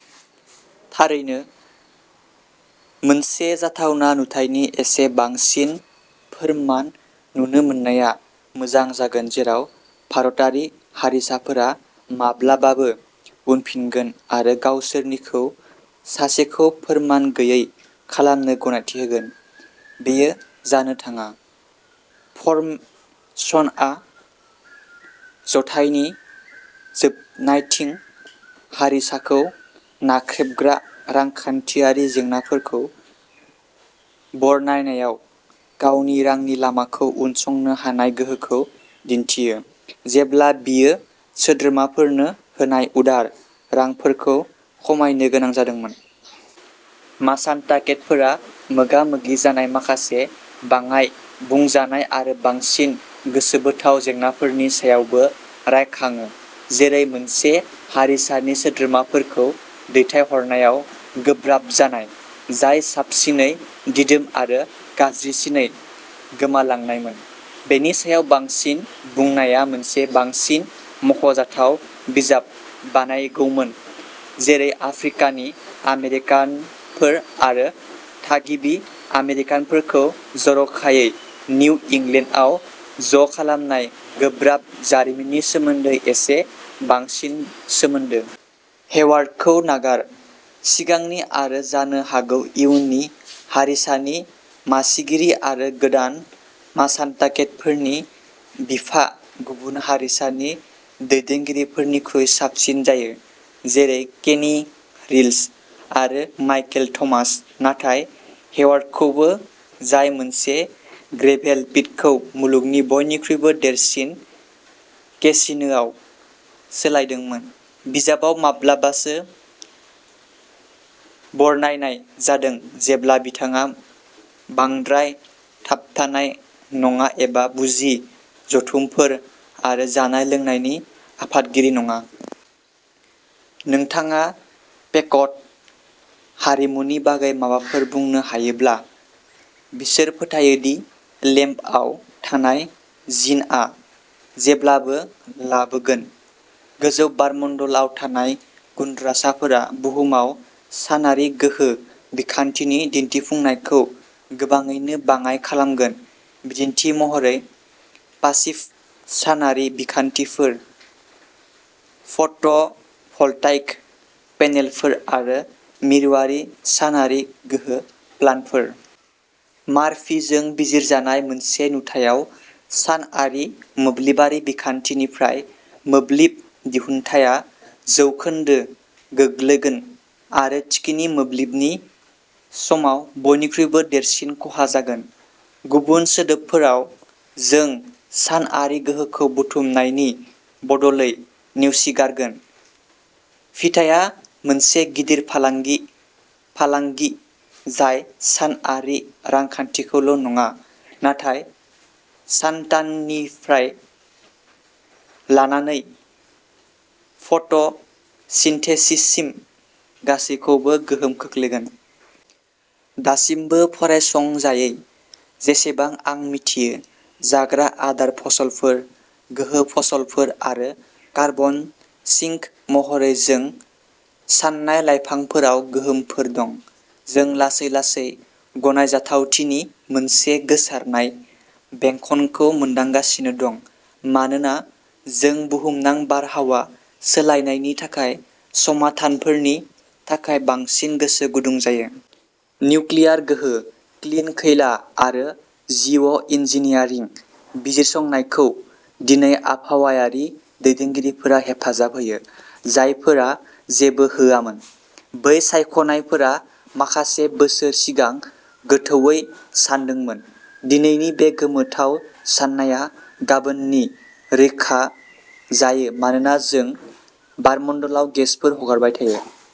" थारैनो? मोनसे जाथावना नुथायनि एसे बांसिन फोरमान नुनो मोननाया मोजां जागोन जेराव भारतारि हारिसाफोरा माब्लाबाबो उनफिनगोन आरो गावसोरनिनो सासेखौ फोरमान गैयै खालामनो गनायथि होगोन। बेयो जानो थाङा। फ'र्मसनआ जिथाइनि जोबनायथिं हारिसाखौ नाख्रेबग्रा रांखान्थियारि जेंनाफोरखौ बरनायनायाव गावनि रांनि लामाखौ उनसंनो हानाय गोहोखौ दिन्थियो, जेब्ला बियो सोद्रोमाफोरनो होनाय उदार रांफोरखौ खमायनो गोनां जादोंमोन। माशान्टाकेटफोरा मोगा-मोगि जानाय माखासे बाङाय-बुंजानाय आरो बांसिन गोसोबोथाव जेंनाफोरनि सायावबो रायखाङो, जेरै मोनसे हारिसानि सोद्रोमाफोरखौ "दैथायहरनायाव" गोब्राब जानाय, जाय साबसिनै दिदोम आरो गाज्रिसिनै गोमालांनायमोन। बेनि सायाव बांसिन बुंनाया मोनसे बांसिन मख'जाथाव बिजाब बानायगौमोन, जेरै आफ्रिकान आमेरिकानफोर आरो थागिबि आमेरिकानफोरखौ जर'खायै निउ इंलेन्डआव ज'खालामनाय गोब्राब जारिमिननि सोमोन्दै एसे बांसिन सोमोन्दो। हेवार्डखौ नागार, सिगांनि-आरो जानो हागौ इयुननि-हारिसानि मासिगिरि आरो गोदान माशान्टाकेटफोरनि बिफा, गुबुन हारिसानि दैदेनगिरिफोरनिख्रुइ साबसिन जायो, जेरै केनि रिल्स आरो माइकेल थमास। नाथाय हेवार्डखौबो, जाय मोनसे ग्रेभेल पिटखौ मुलुगनि बयनिख्रुइबो देरसिन केसिनोआव सोलायदोंमोन, बिजाबाव माब्लाबासो बरनायनाय जादों जेब्ला बिथाङा "बांद्राय थाबथानाय" नङा एबा "बुजि" जथुमफोर आरो जानाय-लोंनायनि आफादगिरि नङा। "नोंथाङा पेक'ट हारिमुनि बागै माबाफोर बुंनो हायोब्ला, बिसोर फोथायो दि लेम्पआव थानाय जिनआ जेब्लाबो लाबोगोन। गोजौ बारमण्डलाव थानाय गुनद्रासाफोरा बुहुमाव सानआरि गोहो बिखान्थिनि दिन्थिफुंनायखौ गोबाङैनो बाङाइ खालामगोन-बिदिन्थि महरै, पासिभ सानारि बिखान्थिफोर, फट'भल्टाइक पेनेलफोर आरो मिरुआरि सानआरि गोहो प्लान्टफोर। मार्फिजों बिजिरजानाय मोनसे नुथायाव, सानआरि मोब्लिबारि बिखान्थिनिफ्राय मोब्लिब दिहुन्थाया जौखोन्दो गोग्लैगोन आरो थिखिनि मोब्लिबनि समाव बयनिख्रुइबो देरसिन खहा जागोन। गुबुन सोदोबफोराव, जों सानआरि गोहोखौ बुथुमनायनि बदलै नेवसिगारगोन। फिथायआ मोनसे गिदिर फालांगि-फालांगि जाय सानआरि रांखान्थिखौल'नङा, नाथाय सानटाननिफ्राय लानानै फट'सिनथेसिससिम गासैबोखौ गोहोम खोख्लैगोन। दासिमबो फरायसंजायै, जेसेबां आं मिथियो, जाग्रा आदार फसलफोर, गोहो फसलफोर आरो कार्बन सिंक महरै जों सान्नाय लाइफांफोराव गोहोमफोर दं। जों लासै-लासै गनायजाथावथिनि मोनसे गोसारनाय बेंखनखौ मोनदांगासिनो दं मानोना जों बुहुमनां बारहावा सोलायनायनि थाखाय समाधानफोरनि थाखाय बांसिन गोसो गुदुं जायो। निउक्लियार गोहो, "क्लिन खैला" आरो जिअ'- इन्जिनियारिं बिजिरसंनायखौ दिनै आबहावायारि दैदेनगिरिफोरा हेफाजाब होयो, जायफोरा जेबो होआमोन। बै सायख'नायफोरा माखासे बोसोर सिगां गोथौवै सानदोंमोन। दिनैनि बे गोमोथाव साननाया गाबोननि रैखा जायो मानोना जों बारमण्डलाव गेसफोर हगारबाय थायो।